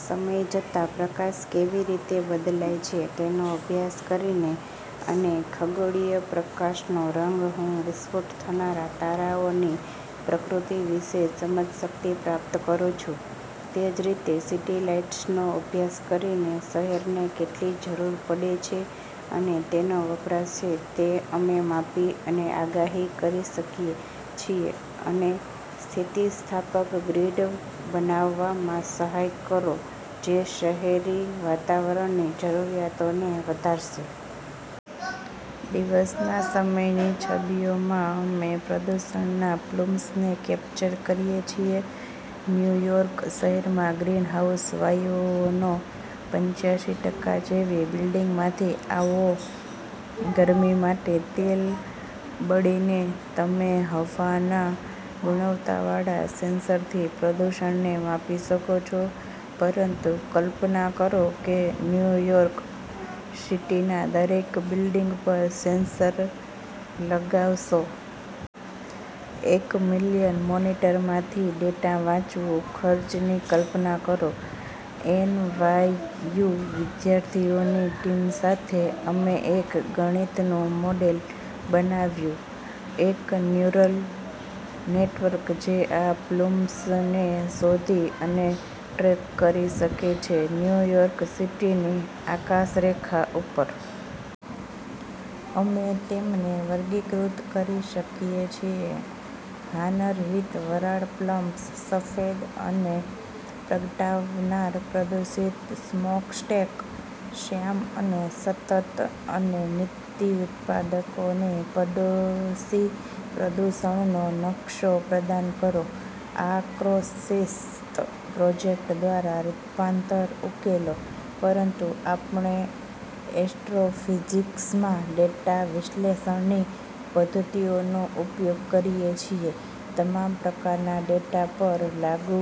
સમય જતાં પ્રકાશ કેવી રીતે બદલાય છે તેનો અભ્યાસ કરીને અને ખગોળીય પ્રકાશનો રંગ, હું વિસ્ફોટ થનારા તારાઓની પ્રકૃતિ વિશે સમજશક્તિ પ્રાપ્ત કરું છું. તે જ રીતે સિટી લાઇટ્સનો અભ્યાસ કરીને શહેરને કેટલી જરૂર પડે છે અને તેનો વપરાશ છે તે અમે માપી અને આગાહી કરી શકીએ છીએ અને સ્થિતિસ્થાપક ગ્રીડ બનાવવામાં સહાય કરો જે શહેરી વાતાવરણની જરૂરિયાતોને વધારશે. દિવસના સમયની છબીઓમાં અમે પ્રદૂષણના પ્લુમ્સને કેપ્ચર કરીએ છીએ. ન્યુ યોર્ક શહેરમાં ગ્રીનહાઉસ વાયુઓનો પંચ્યાશી ટકા જેવી બિલ્ડિંગમાંથી આવો ગરમી માટે તેલ બળીને. તમે હવાના ગુણવત્તાવાળા સેન્સરથી પ્રદૂષણને માપી શકો છો. પરંતુ કલ્પના કરો કે ન્યૂ યોર્ક સિટીના દરેક બિલ્ડિંગ પર સેન્સર લગાવશો. એક મિલિયન મોનિટરમાંથી ડેટા વાંચવું. ખર્ચની કલ્પના કરો. એનવાયયુ વિદ્યાર્થીઓની ટીમ સાથે અમે એક ગણિતનું મોડેલ બનાવ્યું. એક ન્યુરલ નેટવર્ક જે આ પ્લુમ્સને શોધી અને ટ્રેક કરી શકે છે ન્યૂ યોર્ક સિટીની આકાશરેખા ઉપર. અમે તેમને વર્ગીકૃત કરી શકીએ છીએ. હાનરહિત વરાળ પ્લમ્સ, સફેદ અને પ્રગટાવનાર; પ્રદૂષિત સ્મોકસ્ટેક, શ્યામ અને સતત અને નીતિ ઉત્પાદકોને પડોશી પ્રદૂષણનો નકશો પ્રદાન કરો. આ ક્રોસ-શિસ્ત પ્રોજેક્ટ દ્વારા રૂપાંતર ઉકેલો. પરંતુ આપણે એસ્ટ્રોફિઝિક્સમાં ડેટા વિશ્લેષણની પદ્ધતિઓનો ઉપયોગ કરીએ છીએ તમામ પ્રકારના ડેટા પર લાગુ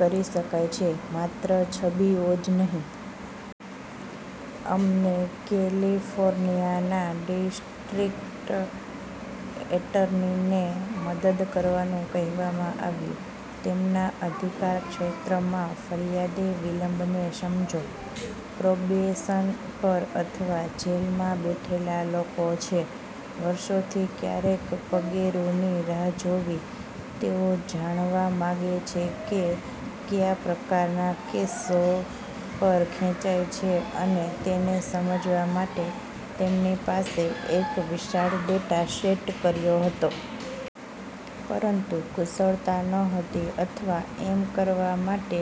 કરી શકાય છે, માત્ર છબીઓ જ નહીં. અમને કેલિફોર્નિયાના ડિસ્ટ્રિક્ટ એટર્નીને મદદ કરવાનું કહેવામાં આવ્યું. તેમના અધિકારક્ષેત્રમાં ફરિયાદી વિલંબને સમજો. પ્રોબેશન પર અથવા જેલમાં બેઠેલા લોકો છે, વર્ષોથી ક્યારેક પગેરુંની રાહ જોવી. તેઓ જાણવા માગે છે કે કયા પ્રકારનાં કેસો પર ખેંચાય છે અને તેને સમજવા માટે તેમની પાસે એક વિશાળ ડેટા સેટ કર્યો હતો. પરંતુ કુશળતા ન હતી અથવા એમ કરવા માટે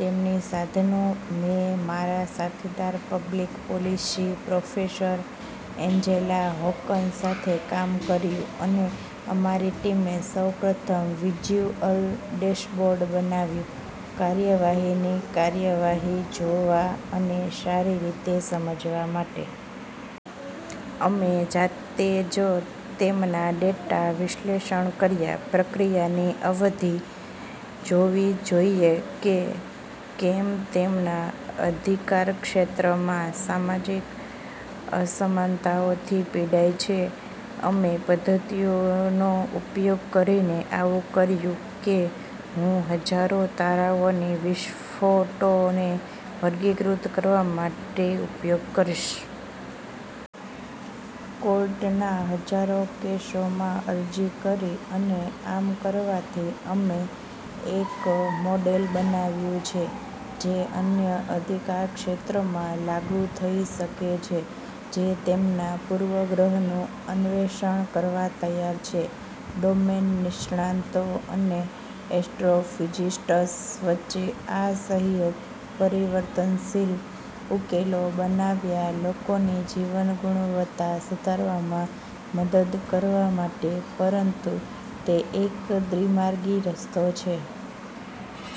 તેમની સાધનો. મેં મારા સાથીદાર public policy professor Angela Hawken સાથે કામ કર્યું, અને અમારી ટીમે સૌ પ્રથમ વિઝ્યુઅલ ડેશબોર્ડ બનાવ્યું કાર્યવાહીની કાર્યવાહી જોવા અને સારી રીતે સમજવા માટે. અમે જાતે જ તેમના ડેટા વિશ્લેષણ કર્યા. પ્રક્રિયાની અવધિ જોવી જોઈએ કે કેમ તેમના અધિકારક્ષેત્રમાં સામાજિક અસમાનતાઓથી પીડાય છે. અમે પદ્ધતિઓનો ઉપયોગ કરીને આવું કર્યું કે હું હજારો તારાઓની વિસ્ફોટોને વર્ગીકૃત કરવા માટે ઉપયોગ કરીશ. કોર્ટના હજારો કેસોમાં અરજી કરી અને આમ કરવાથી અમે એક મોડેલ બનાવ્યું છે જે અન્ય અધિકારક્ષેત્રોમાં લાગુ થઈ શકે છે જે તેમના પૂર્વગ્રહનું અન્વેષણ કરવા તૈયાર છે. ડોમેન નિષ્ણાતો અને એસ્ટ્રોફિઝિસ્ટ્સ વચ્ચે આ સહયોગ પરિવર્તનશીલ ઉકેલો બનાવ્યાં લોકોની જીવન ગુણવત્તા સુધારવામાં મદદ કરવા માટે. પરંતુ તે એક દ્વિમાર્ગી રસ્તો છે.